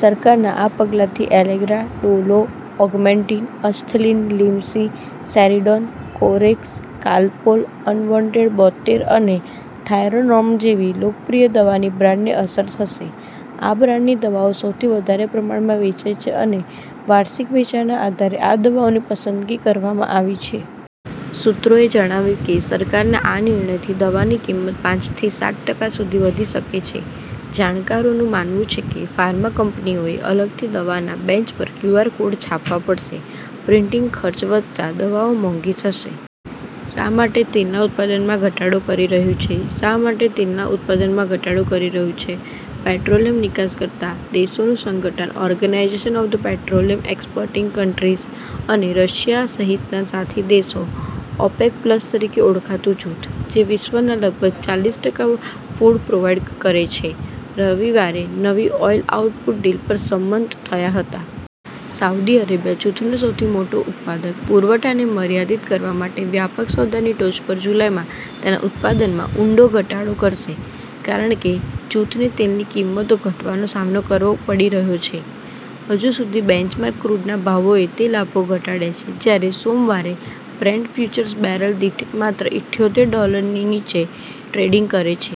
સરકારના આ પગલાથી Allegra, Dolo, Augmentin, Asthalin, Limcee, Saridon, Corex, Calpol, અનવોન્ટેડ-બોતેર અને થાયરોનોર્મ જેવી લોકપ્રિય દવાની બ્રાન્ડને અસર થશે. આ બ્રાન્ડની દવાઓ સૌથી વધારે પ્રમાણમાં વેચાય છે અને વાર્ષિક વેચાણના આધારે આ દવાઓની પસંદગી કરવામાં આવી છે. સૂત્રોએ જણાવ્યું કે, સરકારના આ નિર્ણયથી દવાની કિંમત પાંચ થી સાત ટકા સુધી વધી શકે છે. જાણકારોનું માનવું છે કે, ફાર્મા કંપનીઓએ અલગથી દવાના બેન્ચ પર ક્યુઆર કોડ છાપવા પડશે, પ્રિન્ટિંગ ખર્ચ વધતા દવાઓ મોંઘી થશે. શા માટે તેલના ઉત્પાદનમાં ઘટાડો કરી રહ્યું છે? શા માટે તેલના ઉત્પાદનમાં ઘટાડો કરી રહ્યું છે? પેટ્રોલિયમ નિકાસ કરતા દેશોનું સંગઠન Organization of the Petroleum Exporting Countries અને રશિયા સહિતના સાથી દેશો, ઓપેક પ્લસ તરીકે ઓળખાતું જૂથ, જે વિશ્વના લગભગ ચાલીસટકા ક્રૂડ પ્રોવાઈડ કરે છે, રવિવારે નવી ઓઈલ આઉટપુટ ડીલ પર સંમત થયા હતા. સાઉદી અરેબિયા, જૂથનો સૌથી મોટો ઉત્પાદક, પુરવઠાને મર્યાદિત કરવા માટે વ્યાપક સોદાની ટોચ પર જુલાઈમાં તેના ઉત્પાદનમાં ઊંડો ઘટાડો કરશે, કારણ કે જૂથને તેલની કિંમતો ઘટવાનો સામનો કરવો પડી રહ્યો છે. હજુ સુધી બેન્ચમાર્ક ક્રૂડના ભાવોએ તે લાભો ઘટાડ્યા છે, જ્યારે સોમવારે બ્રેન્ટ ફ્યુચર્સ બેરલ દીઠ માત્ર ઇઠ્યોતેર ડોલરની નીચે ટ્રેડિંગ કરે છે.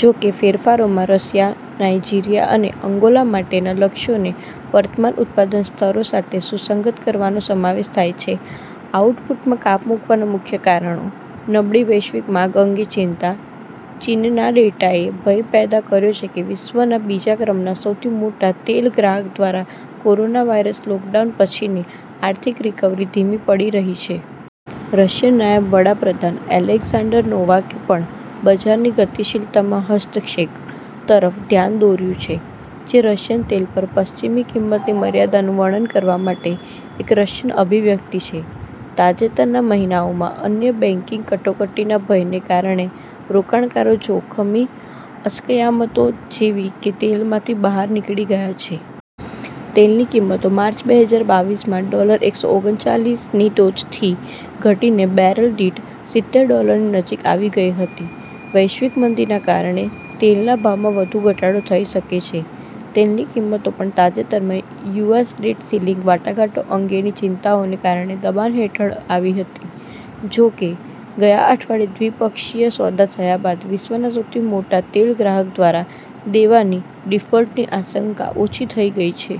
જો કે, ફેરફારોમાં રશિયા, નાઇજીરીયા અને અંગોલા માટેના લક્ષ્યોને વર્તમાન ઉત્પાદન સ્તરો સાથે સુસંગત કરવાનો સમાવેશ થાય છે. આઉટપુટમાં કાપ મૂકવાના મુખ્ય કારણો: નબળી વૈશ્વિક માંગ અંગે ચિંતા: ચીનના ડેટાએ ભય પેદા કર્યો છે કે વિશ્વના બીજા ક્રમના સૌથી મોટા તેલ ગ્રાહક દ્વારા કોરોનાવાયરસ લોકડાઉન પછીની આર્થિક રિકવરી ધીમી પડી રહી છે. રશિયન નાયબ વડા પ્રધાન એલેક્ઝાન્ડર નોવાકે પણ "બજારની ગતિશીલતામાં હસ્તક્ષેપ" તરફ ધ્યાન દોર્યું છે, જે રશિયન તેલ પર પશ્ચિમી કિંમતની મર્યાદાનું વર્ણન કરવા માટે એક રશિયન અભિવ્યક્તિ છે. તાજેતરના મહિનાઓમાં અન્ય બેંકિંગ કટોકટીના ભયને કારણે રોકાણકારો જોખમી અસ્કયામતો જેવી કે તેલમાંથી બહાર નીકળી ગયા છે. તેલની કિંમતો માર્ચ બે હજાર બાવીસમાં ડોલર એકસો ઓગણચાલીસની ટોચથી ઘટીને બેરલ દીઠ સિત્તેરડોલરની નજીક આવી ગઈ હતી. વૈશ્વિક મંદીના કારણે તેલના ભાવમાં વધુ ઘટાડો થઈ શકે છે. તેલની કિંમતો પણ તાજેતરમાં યુએસ ડેટ સીલિંગ વાટાઘાટો અંગેની ચિંતાઓને કારણે દબાણ હેઠળ આવી હતી, જોકે ગયા અઠવાડિયે દ્વિપક્ષીય સોદો થયા બાદ વિશ્વના સૌથી મોટા તેલ ગ્રાહક દ્વારા દેવાની ડિફોલ્ટની આશંકા ઓછી થઈ ગઈ છે.